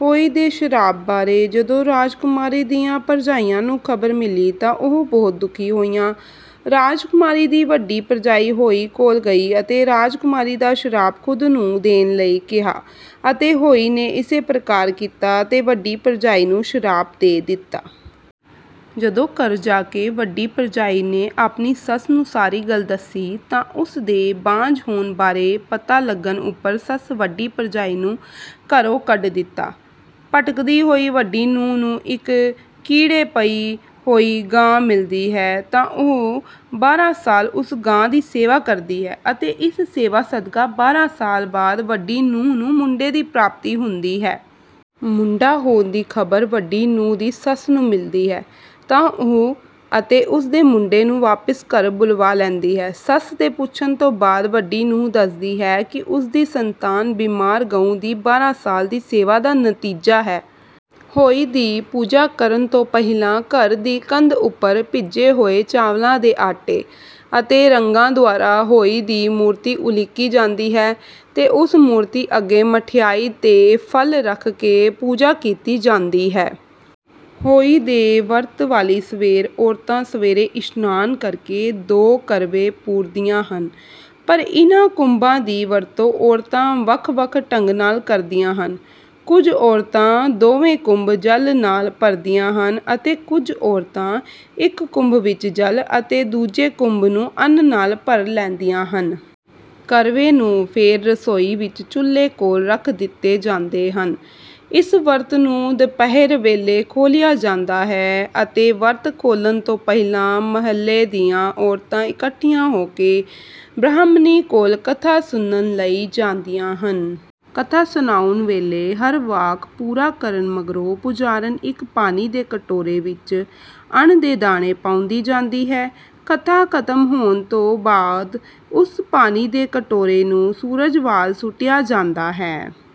ਹੋਈ ਦੇ ਸ਼ਰਾਪ ਬਾਰੇ ਜਦੋਂ ਰਾਜਕੁਮਾਰੀ ਦੀਆਂ ਭਰਜਾਈਆਂ ਨੂੰ ਖ਼ਬਰ ਮਿਲੀ ਤਾਂ ਉਹ ਬਹੁਤ ਦੁਖੀ ਹੋਈਆਂ। ਰਾਜਕੁਮਾਰੀ ਦੀ ਵੱਡੀ ਭਰਜਾਈ ਹੋਈ ਕੋਲ ਗਈ ਅਤੇ ਰਾਜਕੁਮਾਰੀ ਦਾ ਸ਼ਰਾਪ ਖ਼ੁਦ ਨੂੰ ਦੇਣ ਲਈ ਕਿਹਾ ਅਤੇ ਹੋਈ ਨੇ ਇਸੇ ਪ੍ਰਕਾਰ ਕੀਤਾ ਤੇ ਵੱਡੀ ਭਰਜਾਈ ਨੂੰ ਸ਼ਰਾਪ ਦੇ ਦਿੱਤਾ। ਜਦੋਂ ਘਰ ਜਾ ਕੇ ਵੱਡੀ ਭਰਜਾਈ ਨੇ ਆਪਣੀ ਸੱਸ ਨੂੰ ਸਾਰੀ ਗੱਲ ਦੱਸੀ ਤਾਂ ਉਸਦੇ ਬਾਂਝ ਹੋਣ ਬਾਰੇ ਪਤਾ ਲਗਣ ਉੱਪਰ ਸੱਸ ਵੱਡੀ ਭਰਜਾਈ ਨੂੰ ਘਰੋਂ ਕੱਢ ਦਿੱਤਾ। ਭਟਕਦੀ ਹੋਈ ਵੱਡੀ ਨੂੰਹ ਨੂੰ ਇੱਕ ਕੀੜੇ ਪਈ ਹੋਈ ਗਾਂ ਮਿਲਦੀ ਹੈ ਤਾਂ ਉਹ ਬਾਰਾਂ ਸਾਲ ਉਸ ਗਾਂ ਦੀ ਸੇਵਾ ਕਰਦੀ ਹੈ ਅਤੇ ਇਸ ਸੇਵਾ ਸਦਕਾ ਬਾਰਾਂ ਸਾਲ ਬਾਅਦ ਵੱਡੀ ਨੂੰਹ ਨੂੰ ਮੁੰਡੇ ਦੀ ਪ੍ਰਾਪਤੀ ਹੁੰਦੀ ਹੈ। ਮੁੰਡਾ ਹੋਣ ਦੀ ਖ਼ਬਰ ਵੱਡੀ ਨੂੰਹ ਦੀ ਸੱਸ ਨੂੰ ਮਿਲਦੀ ਹੈ ਤਾਂ ਉਹ ਅਤੇ ਉਸਦੇ ਮੁੰਡੇ ਨੂੰ ਵਾਪਿਸ ਘਰ ਬੁਲਵਾ ਲੈਂਦੀ ਹੈ। ਸੱਸ ਦੇ ਪੁਛਣ ਤੋਂ ਬਾਅਦ ਵੱਡੀ ਨੂੰਹ ਦੱਸਦੀ ਹੈ ਕਿ ਉਸਦੀ ਸੰਤਾਨ ਬੀਮਾਰ ਗਊ ਦੀ ਬਾਰਾਂ ਸਾਲ ਦੀ ਸੇਵਾ ਦਾ ਨਤੀਜਾ ਹੈ। ਹੋਈ ਦੀ ਪੂਜਾ ਕਰਨ ਤੋਂ ਪਹਿਲਾਂ ਘਰ ਦੀ ਕੰਧ ਉੱਪਰ ਭਿੱਜੇ ਹੋਏ ਚਾਵਲਾਂ ਦੇ ਆਟੇ ਅਤੇ ਰੰਗਾਂ ਦੁਆਰਾ ਹੋਈ ਦੀ ਮੂਰਤੀ ਉਲੀਕੀ ਜਾਂਦੀ ਹੈ ਤੇ ਉਸ ਮੂਰਤੀ ਅੱਗੇ ਮਠਿਆਈ ਤੇ ਫਲ ਰੱਖ ਕੇ ਪੂਜਾ ਕੀਤੀ ਜਾਂਦੀ ਹੈ। ਹੋਈ ਦੇ ਵਰਤ ਵਾਲੀ ਸਵੇਰ ਔਰਤਾਂ ਸਵੇਰੇ ਇਸ਼ਨਾਨ ਕਰਕੇ ਦੋ ਕਰਵੇ ਪੂਰਦਿਆਂ ਹਨ ਪਰ ਇਹਨਾਂ ਕੁਭਾਂ ਦੀ ਵਰਤੋਂ ਔਰਤਾਂ ਵੱਖ ਵੱਖ ਢੰਗ ਨਾਲ ਕਰਦੀਆਂ ਹਨ। ਕੁੱਝ ਔਰਤਾਂ ਦੋਵੇਂ ਕੁੰਭ ਜਲ ਨਾਲ ਭਰਦੀਆਂ ਹਨ ਅਤੇ ਕੁੱਝ ਔਰਤਾਂ ਇੱਕ ਕੁੰਭ ਵਿੱਚ ਜਲ ਅਤੇ ਦੂਜੇ ਕੁੰਭ ਨੂੰ ਅੰਨ ਨਾਲ ਭਰ ਲੈਂਦੀਆਂ ਹਨ। ਕਰਵੇ ਨੂੰ ਫੇਰ ਰਸੋਈ ਵਿੱਚ ਚੁਲ੍ਹੇ ਕੋਲ ਰੱਖ ਦਿੱਤੇ ਜਾਂਦੇ ਹਨ। ਇਸ ਵਰਤ ਨੂੰ ਦੁਪਹਿਰ ਵੇਲੇ ਖੋਲਿਆ ਜਾਂਦਾ ਹੈ ਅਤੇ ਵਰਤ ਖੋਲਣ ਤੋਂ ਪਹਿਲਾਂ ਮਹੱਲੇ ਦੀਆਂ ਔਰਤਾਂ ਇਕੱਠੀਆਂ ਹੋ ਕੇ ਬ੍ਰਹਾਮਣੀ ਕੋਲ ਕਥਾ ਸੁਣਨ ਲਈ ਜਾਂਦੀਆਂ ਹਨ। ਕਥਾ ਸੁਨਾਉਣ ਵੇਲੇ ਹਰ ਵਾਕ ਪੂਰਾ ਕਰਨ ਮਗਰੋਂ ਪੁਜਾਰਨ ਇੱਕ ਪਾਣੀ ਦੇ ਕਟੋਰੇ ਵਿੱਚ ਅੰਨ ਦੇ ਦਾਣੇ ਪਾਉਂਦੀ ਜਾਂਦੀ ਹੈ। ਕਥਾ ਖ਼ਤਮ ਹੋਣ ਤੋਂ ਬਾਅਦ ਉਸ ਪਾਣੀ ਦੇ ਕਟੋਰੇ ਨੂੰ ਸੂਰਜ ਵਾਲ ਸੁਟਿਆ ਜਾਂਦਾ ਹੈ।